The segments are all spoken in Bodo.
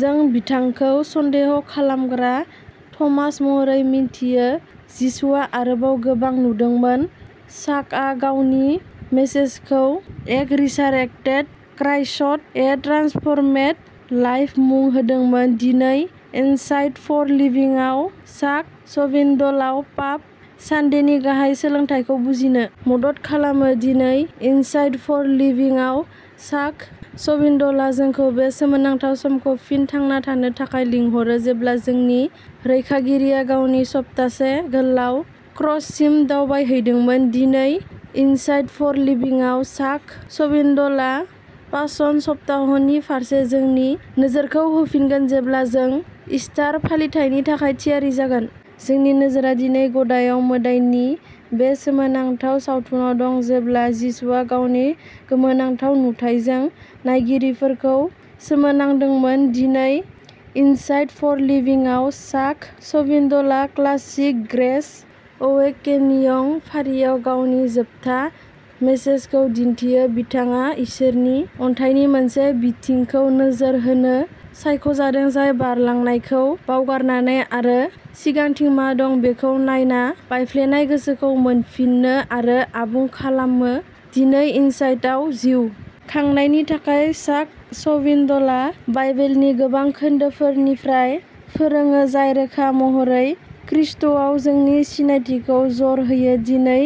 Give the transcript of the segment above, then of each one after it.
जों बिथांखौ सन्देह खालामग्रा थमास महरै मिन्थियो जिसुआ आरोबाव गोबां नुदोंमोन चाकआ गावनि मेसेजखौ a resurrected Christ a transformed life मुं होदोंमोन दिनै इनसाइट फर लिभिंआव चाक स्विनडलआ पाम सानडेनि गाहाय सोलोंथायखौ बुजिनो मदद खालामो दिनै इनसाइट फर लिभिंआव चाक स्विनडलआ जोंखौ बे सोमोनांथाव समखौ फिन थांना थानो थाखाय लिंहरो जेब्ला जोंनि रैखागिरिया गावनि सप्तासे गोलाव क्रससिम दावबायदोंमोन दिनै इनसाइट फर लिभिंआव चाक स्विनडलआ पासन सप्ताहनि फारसे जोंनि नोजोरखौ होफिनगोन जेब्ला जों ईस्टार फालिथायनि थाखाय थियारि जागोन। जोंनि नोजोरआ दिनै गदायाव मोदाइ नि बे सोमोनांथाव सावथुनाव दं जेब्ला जिसुआ गावनि गोमोथाव नुथाइजों नायगिरिफोरखौ सोमोनांदोंमोन। दिनै इनसाइट फर लिभिंआव चाक स्विनडलआ क्लासिक ग्रेस अवेकेनिं फारिआव गावनि जोबथा मेसेजखौ दिन्थियो। बिथाङा इसोरनि अनथाइनि मोनसे बिथिंखौ नोजोर होनो सायख'जादों जाय बारलांनायखौ बावगारनानै आरो सिगांथिं मा दं बेखौ नायना बायफ्लेनाय गोसोखौ मोनफिनो आरो आबुं खालामो दिनै इनसाइटआव। जिउ खांनायनि थाखाय चाक स्विनडलआ बाइबेलनि गोबां खोन्दोफोरनिफ्राय फोरोङो जाय रोखा महरै ख्रीष्टआव जोंनि सिनायथिखौ जर होयो। दिनै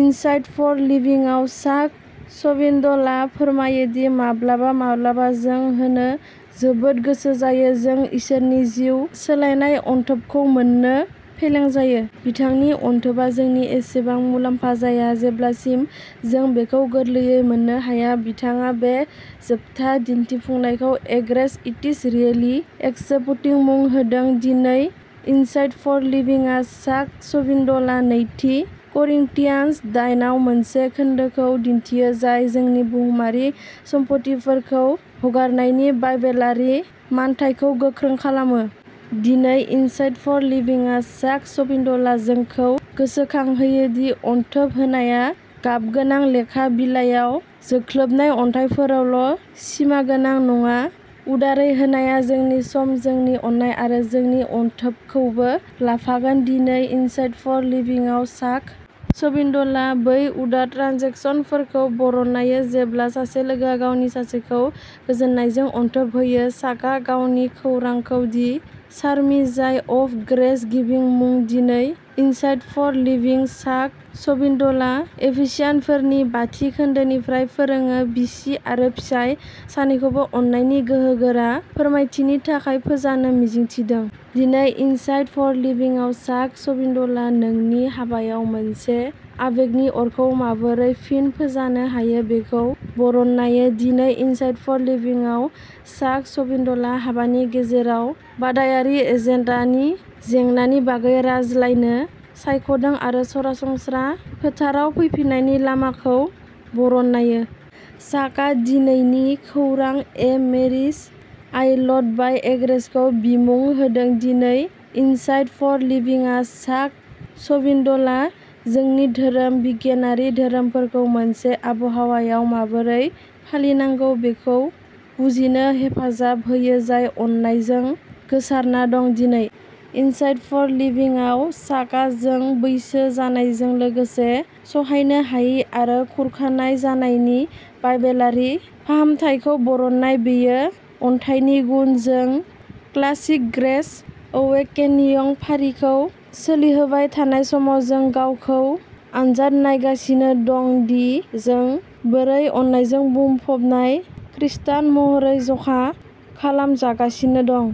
इनसाइट फर लिभिंआव चाक स्विगिनडलआ फोरमायो दि माब्लाबा माब्लाबा जों होनो जोबोद गोसो जायो जों इसोरनि जिउ सोलायनाय अनथोबखौ मोन्नो फेलें जायो। बिथांनि अनथोबआ जोंनि एसेबो मुलाम्फा जाया जेब्लासिम जों बेखौ गोरलैयै मोननो हाया बिथाङा बे जोबथा दिन्थिफुंनायखौ एग्रेस इटिस रियेलि एक्सेप्टिं मुं होदों दिनै इनसाइट फर लिभिंआ चाक स्विनडलआ नैथि करिंथियान्स दाइन आव मोनसे खोन्दोखौ दिन्थियो जाय जोंनि बुहुमारि सम्फथिफोरखौ हगारनायनि बाइबेलारि मानथायखौ गोख्रों खालामो। दिनै इनसाइट फर लिभिंआव चाक स्विनडलआ जोंखौ गोसोखांहोयो दि अनथोब होनाया गाबगोनां लेखा बिलाइयाव जोख्लोबनाय अनथाइफोरावल' सिमागोनां नङा उदारै होनाया जोंनि सम जोंनि अननाय आरो जोंनि अनथोबखौबो लाफागोन दिनै इनसाइट फर लिभिंआव चाक स्विनडलआ बै उदार ट्रेन्जेकसनफोरखौ बरनायो जेब्ला सासे लोगोआ गुबुन सासेखौ गोजोननायजों अनथोब होयो चाकआ गावनि खौरांखौ the charming joy of grace giving मुं दिनै इनसाइट फर लिभिंआव चाक स्वगिनडलआ एफिसियानफोरनि बाथि खोन्दोनिफ्राय फोरोङो बिसि आरो फिसाय सानैखौबो अननायनि गोहोगोरा फोरमायथिनि थाखाय फोजानो मिजिं थिदों। दिनै इनसाइट फर लिभिंआव चाक स्वनडलआ नोंनि हाबायाव मोनसे आबेगनि अरखौ माबोरै फिन फोजानो हायो बेखौ बरनायो। दिनै इनसाइट फर लिभिंआव चाक स्विनडलआ हाबानि गेजेराव बादायारि एजेन्डानि जेंनानि बागै रायज्लायनो सायख'दों आरो सरासनस्रा फोथाराव फैफिन्नायनि लामाखौ बरनायो। चाकआ दिनैनि खौरां ए मेरिज आयल्ड बाइ ग्रेसखौ बिमुं होदों दिनै इनसाइट फर लिभिंआव चाक स्वगिनडलआ जोंनि धोरोम बिगियानारि धोरोमफोरखौ मोनसे आबहावायाव माबोरै फालिनांगौ बेखौ बुजिनो हेफाजाब होयो जाय अननायजों गोसारना दं। दिनै इनसाइट फर लिभिंआव चाकआ जों बैसो जानायजों लोगोसे सहायनो हायै आरो खुरख'नाय जानायनि बाइबेलारि फाहामथायखौ बरनाय‌ बेयो अनथायनि गुन जों क्लासिक ग्रेस अवेकेनिं फारिखौ सोलिहोबाय थानाय समाव जों गावखौ आनजाद नायगासिनो दं दि जों बोरै अननायजों बुंफबनाय खृस्टान महरै जखा खालामजागासिनो दं।